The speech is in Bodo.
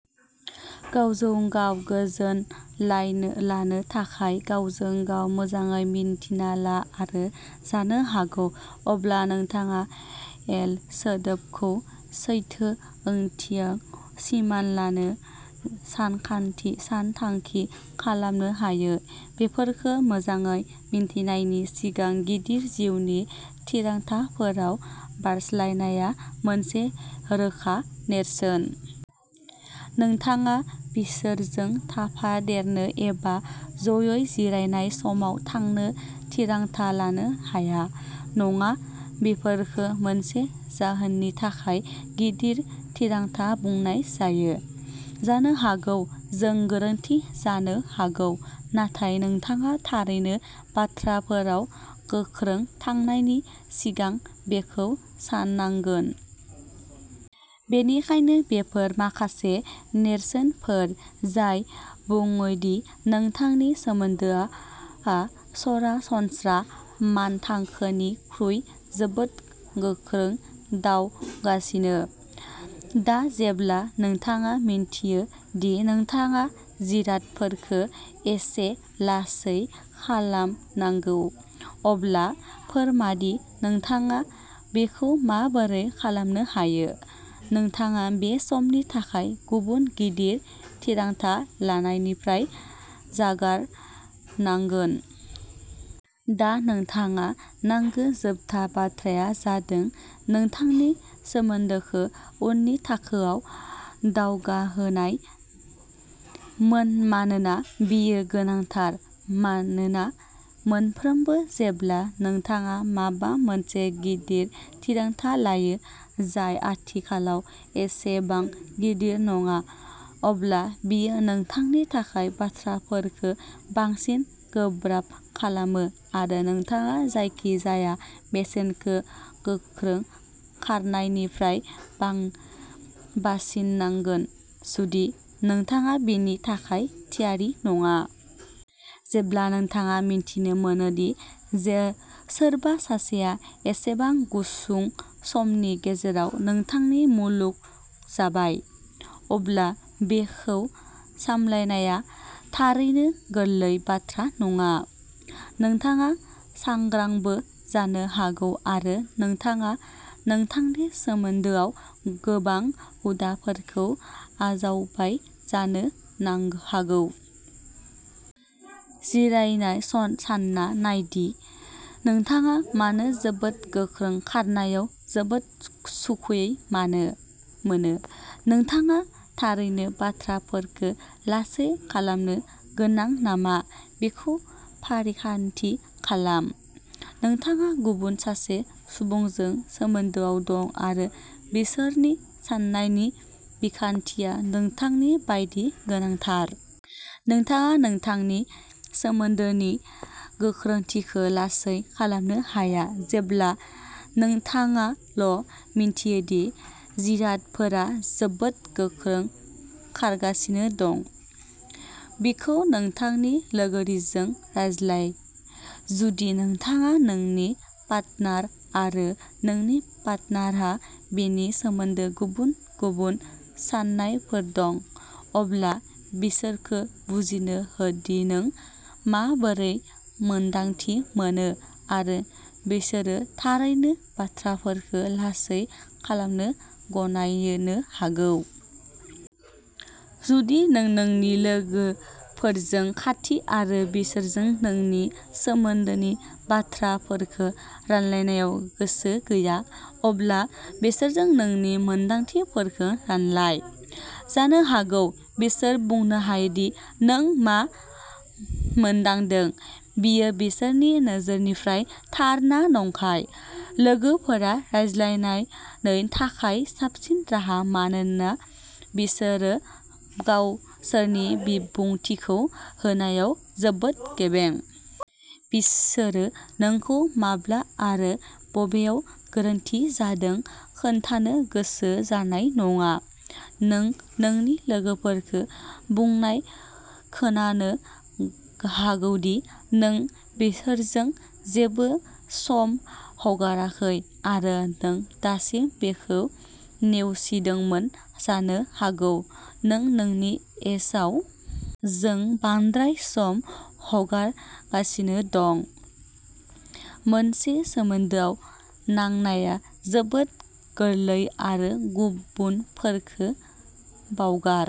गावजों गाव गोजोन लाइनो लानो थाखाय, गावजों-गाव मोजाङै मिन्थिना ला आरो जानो हागौ अब्ला नोंथाङा एल सोदोबखौ सैथो ओंथियाव सिमान लानो सानखान्थि सानथांखि खालामनो हायो। बेफोरखौ मोजाङै मिथिनायनि सिगां गिदिर जिउनि थिरांथाफोराव बारस्लायनाया मोनसे रोखा नेरसोन। नोंथाङा बिसोरजों थाफादेरनो एबा जयै जिरायनाय समाव थांनो थिरांथा लानो हाया। नङा, बेफोरखौ मोनसे जाहोननि थाखाय गिदिर थिरांथा बुंनाय जायो। जानो हागौ जों गोरोन्थि जानो हागौ नाथाय नोंथाङा थारैनो बाथ्राफोराव गोख्रों थांनायनि सिगां बेखौ साननांगोन। बेनिखायनो बेफोर माखासे नेरसोनफोर जाय बुङोदि नोंथांनि सोमोन्दोआ सरासनस्रा मानथाखोनिख्रुइ जोबोद गोख्रै दावगागासिनो। दा जेब्ला नोंथाङा मिन्थियो दि नोंथाङा जिरादफोरखौ एसे लासै खालामनांगौ, अब्ला फोरमादि नोंथाङा बेखौ माबोरै खालामनो हायो। नोंथाङा बे समनि थाखाय गुबुन गिदिर थिरांथा लानायनिफ्राय जागारनांगोन। दा नोंथाङा नांगौ जोबथा बाथ्राया जादों नोंथांनि सोमोन्दोखौ उननि थाखोआव दावगाहोनाय। मानोना बेयो गोनांथार मानोना मोनफ्रोमबो जेब्ला नोंथाङा माबा मोनसे गिदिर थिरांथा लायो, जाय आथिखालाव एसेबां गिदिर नङा, अब्ला बेयो नोंथांनि थाखाय बाथ्राफोरखौ बांसिन गोब्राब खालामो आरो नोंथाङा जायखिजाया बेसेनखो गोख्रै खारनायनिफ्राय बासिनांगोन, जुदि नोंथाङा बेनि थाखाय थियारि नङा। जेब्ला नोंथाङा मिथिनो मोनोदि सोरबा सासेआ एसेबां गुसुं समनि गेजेराव नोंथांनि मुलुग जाबाय, अब्ला बेखौ सामलायनाया थारैनो गोरलै बाथ्रा नङा। नोंथाङा सांग्रांबो जानो हागौ आरो नोंथाङा नोंथांनि सोमोन्दोआव गोबां हुदाफोरखौ आजावबाय जानो हागौ। जिरायना सानना नायदि नोंथाङा मानो जोबोद गोख्रै खारनायाव जोबोद सुखुयै मोनो, नोंथाङा थारैनो बाथ्राफोरखौ लासै खालामनो गोनां नामा बेखौ फारिखान्थि खालाम। नोंथाङा गुबुन सासे सुबुंजों सोमोन्दोआव दं आरो बिसोरनि साननायनि बिखान्थिया नोंथांनि बायदि गोनांथार। नोंथाङा नोंथांनि सोमोन्दोनि गोख्रैथिखौ लासै खालामनो हाया, जेब्ला नोंथाङाल' मिथियो दि जिरादफोरा जोबोद गोख्रै खारगासिनो दं। बेखौ नोंथांनि लोगोरिजों रायज्लाय। जुदि नोंथाङा नोंनि पार्टनार आरो नोंनि पार्टनारहा बेनि सोमोन्दै गुबुन गुबुन साननायफोर दं, अब्ला बिसोरखौ बुजिनो होदि नों माबोरै मोन्दांथि मोनो आरो बिसोरो थारैनो बाथ्राफोरखौ लासै खालामनो गनायनो हागौ। जुदि नों नोंनि लोगोफोरजों खाथि आरो बिसोरजों नोंनि सोमोन्दोनि बाथ्राफोरखौ रानलायनायाव गोसो गैया, अब्ला बिसोरजों नोंनि मोन्दांथिफोरखौ रानलाय। जानो हागौ बिसोर बुंनो हायोदि नों मा मोनदांदों बेयो बिसोरनि नोजोरनिफ्राय थार ना नंखाय। लोगोफोरा रायज्लायनो थाखाय साबसिन राहा मानोना बिसोरो गावसोरनि बिबुंथिखौ होनायाव जोबोद गेबें। बिसोरो नोंखौ माब्ला आरो बबेयाव गोरोन्थि जादों खोन्थानो गोसो जानाय नङा। नों नोंनि लोगोफोरखौ बुंनाय खोनानो हागौदि नों बिसोरजों जेबो सम हगाराखै आरो नों दासिम बेखौ नेवसिदोंमोन। जानो हागौ नों नोंनि एस. आव. जों बांद्राय सम हगारगासिनो दं। मोनसे सोमोन्दोआव नांनाया जोबोद गोरलै आरो गुबुनफोरखौ बावगार।